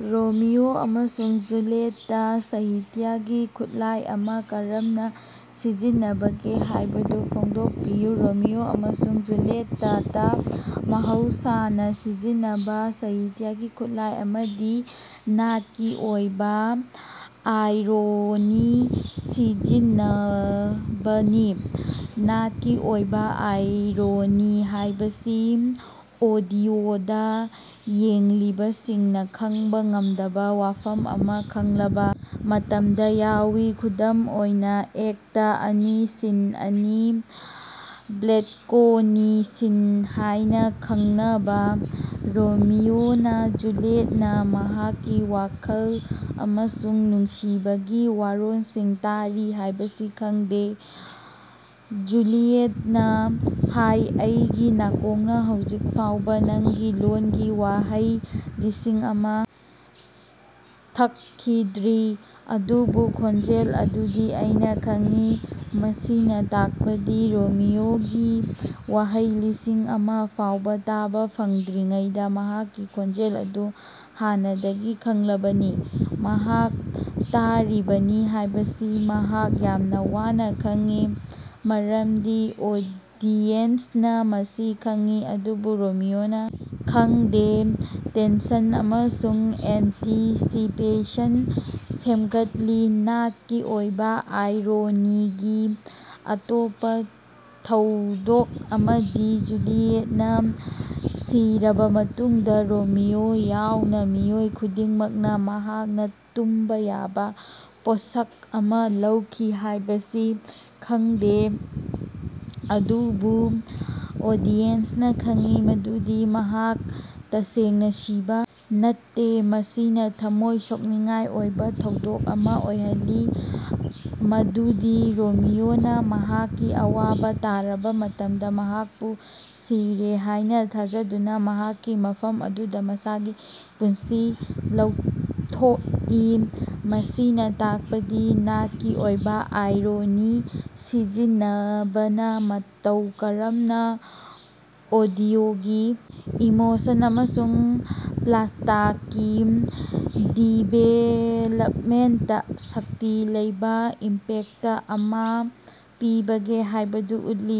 Romeo ꯑꯃꯁꯨꯡ ꯖꯨꯂꯤꯌꯠꯇ ꯁꯍꯤꯇ꯭ꯌꯥꯒꯤ ꯈꯨꯠꯂꯥꯏ ꯑꯃ ꯀꯔꯝꯅ ꯁꯤꯖꯤꯟꯅꯕꯒꯦ ꯍꯥꯏꯕꯗꯨ ꯐꯣꯡꯗꯣꯛꯄꯤꯌꯨ꯫ ꯔꯣꯃꯤꯑꯣ ꯑꯃꯁꯨꯡ ꯖꯨꯂꯤꯌꯇꯇ ꯃꯍꯧꯁꯥꯅ ꯁꯤꯖꯤꯟꯅꯕ ꯁꯍꯤꯇ꯭ꯌꯥꯒꯤ ꯈꯨꯠꯂꯥꯏ ꯑꯃꯗꯤ ꯅꯥꯠꯀꯤ ꯑꯣꯏꯕ ꯑꯥꯏꯔꯣꯅꯤ ꯁꯤꯖꯤꯟꯅꯕꯅꯤ꯫ ꯅꯥꯠꯀꯤ ꯑꯣꯏꯕ ꯑꯥꯏꯔꯣꯅꯤ ꯍꯥꯏꯕꯁꯤ ꯑꯣꯗꯤꯑꯣꯗꯥ ꯌꯦꯡꯂꯤꯕꯁꯤꯡꯅ ꯈꯪꯕꯥ ꯉꯝꯗꯕ ꯋꯥꯐꯝ ꯑꯃ ꯈꯪꯂꯕ ꯃꯇꯝꯗ ꯌꯥꯎꯏ꯫ ꯈꯨꯗꯝ ꯑꯣꯏꯅ ꯑꯦꯛꯇ ꯑꯅꯤ ꯁꯤꯟ ꯑꯅꯤ ꯕꯦꯂꯀꯣꯅꯤ ꯁꯤꯟ ꯍꯥꯏꯅ ꯈꯪꯅꯕ, ꯔꯣꯃꯤꯑꯣꯅ ꯖꯨꯂꯤꯌꯦꯠꯅ ꯃꯍꯥꯛꯀꯤ ꯋꯥꯈꯜ ꯑꯃꯁꯨꯡ ꯅꯨꯡꯁꯤꯕꯒꯤ ꯋꯥꯔꯣꯜꯁꯤꯡ ꯇꯥꯔꯤ ꯍꯥꯏꯕꯁꯤ ꯈꯪꯗꯦ꯫ ꯖꯨꯂꯤꯌꯇꯅ ꯍꯥꯏ "ꯑꯩꯒꯤ ꯅꯥꯀꯣꯡꯅ ꯍꯧꯖꯤꯛ ꯐꯥꯎꯕ ꯅꯪꯒꯤ ꯂꯣꯜꯒꯤ ꯋꯥꯍꯩ ꯂꯤꯁꯤꯡ ꯑꯃ ꯊꯛꯈꯤꯗ꯭ꯔꯤ ꯑꯗꯨꯕꯨ ꯈꯣꯟꯖꯦꯜ ꯑꯗꯨꯗꯤ ꯑꯩꯅ ꯈꯪꯏ꯫ ꯃꯁꯤꯅ ꯇꯥꯛꯄꯗꯤ ꯔꯣꯃꯤꯑꯣꯒꯤ ꯋꯥꯍꯩ ꯂꯤꯁꯤꯡ ꯑꯃꯥ ꯐꯥꯎꯕ ꯇꯥꯕ ꯐꯪꯗ꯭ꯔꯤꯉꯩꯗ ꯃꯍꯥꯛꯀꯤ ꯈꯣꯟꯖꯦꯜ ꯑꯗꯨ ꯍꯥꯟꯅꯗꯒꯤ ꯈꯪꯂꯕꯅꯤ ꯃꯍꯥꯛ ꯇꯥꯔꯤꯕꯅꯤ ꯍꯥꯏꯕꯁꯤ ꯃꯍꯥꯛ ꯌꯥꯝꯅ ꯋꯥꯅ ꯈꯪꯏ꯫ ꯃꯔꯝꯗꯤ ꯑꯣꯗꯤꯌꯦꯟꯁꯅ ꯃꯁꯤ ꯈꯪꯏ ꯑꯗꯨꯕꯨ ꯔꯣꯃꯤꯑꯣꯅꯥ ꯈꯪꯗꯦ꯫ ꯇꯦꯟꯁꯟ ꯑꯃꯁꯨꯡ ꯑꯦꯟꯇꯤꯁꯤꯄꯦꯁꯟ ꯁꯦꯝꯒꯠꯂꯤ꯫ ꯅꯥꯠꯀꯤ ꯑꯣꯏꯕ ꯑꯥꯏꯔꯣꯅꯤꯒꯤ ꯑꯇꯣꯞꯄ ꯊꯧꯗꯣꯛ ꯑꯃꯗꯤ ꯖꯨꯂꯤꯌꯇꯅ ꯁꯤꯔꯕ ꯃꯇꯨꯡꯗ ꯔꯣꯃꯤꯑꯣ ꯌꯥꯎꯅ ꯃꯤꯑꯣꯏ ꯈꯨꯗꯤꯡꯃꯛꯅ ꯃꯍꯥꯛꯅ ꯇꯨꯝꯕꯥ ꯌꯥꯕꯥ ꯄꯣꯠꯁꯛ ꯑꯃ ꯂꯧꯈꯤ ꯍꯥꯏꯕꯁꯤ ꯈꯪꯗꯦ꯫ ꯑꯗꯨꯕꯨ ꯑꯣꯗꯤꯌꯦꯟꯁꯅ ꯈꯪꯏ ꯃꯗꯨꯗꯤ ꯃꯍꯥꯛ ꯇꯁꯦꯡꯅ ꯁꯤꯕ ꯅꯠꯇꯦ꯫ ꯃꯁꯤꯅ ꯊꯝꯃꯣꯏ ꯁꯣꯛꯅꯤꯡꯉꯥꯏ ꯑꯣꯏꯕ ꯊꯧꯗꯣꯛ ꯑꯃ ꯑꯣꯏꯍꯜꯂꯤ ꯃꯗꯨꯗꯤ ꯔꯣꯃꯤꯑꯣꯅ ꯃꯍꯥꯛꯀꯤ ꯑꯋꯥꯕ ꯇꯥꯔꯕ ꯃꯇꯝꯗ, ꯃꯍꯥꯛꯄꯨ ꯁꯤꯔꯦ ꯍꯥꯏꯅ ꯊꯥꯖꯗꯨꯅ ꯃꯍꯥꯛꯀꯤ ꯃꯐꯝ ꯑꯗꯨꯗ ꯃꯁꯥꯒꯤ ꯄꯨꯟꯁꯤ ꯂꯧꯊꯣꯛꯏ꯫ ꯃꯁꯤꯅ ꯇꯥꯛꯄꯗꯤ ꯅꯥꯠꯀꯤ ꯑꯣꯏꯕ ꯑꯥꯏꯔꯣꯅꯤ ꯁꯤꯖꯤꯟꯅꯕꯅ ꯃꯇꯧ ꯀꯔꯝꯅ ꯑꯣꯗꯤꯑꯣꯒꯤ ꯏꯃꯣꯁꯟ ꯑꯃꯁꯨꯡ ꯄ꯭ꯂꯇꯀꯤ ꯗꯤꯚꯦꯂꯄꯃꯦꯟꯇꯗ ꯁꯛꯇꯤ ꯂꯩꯕ ꯏꯝꯄꯦꯛꯇ ꯑꯃ ꯄꯤꯕꯒꯦ ꯍꯥꯏꯕꯗꯨ ꯎꯠꯂꯤ꯫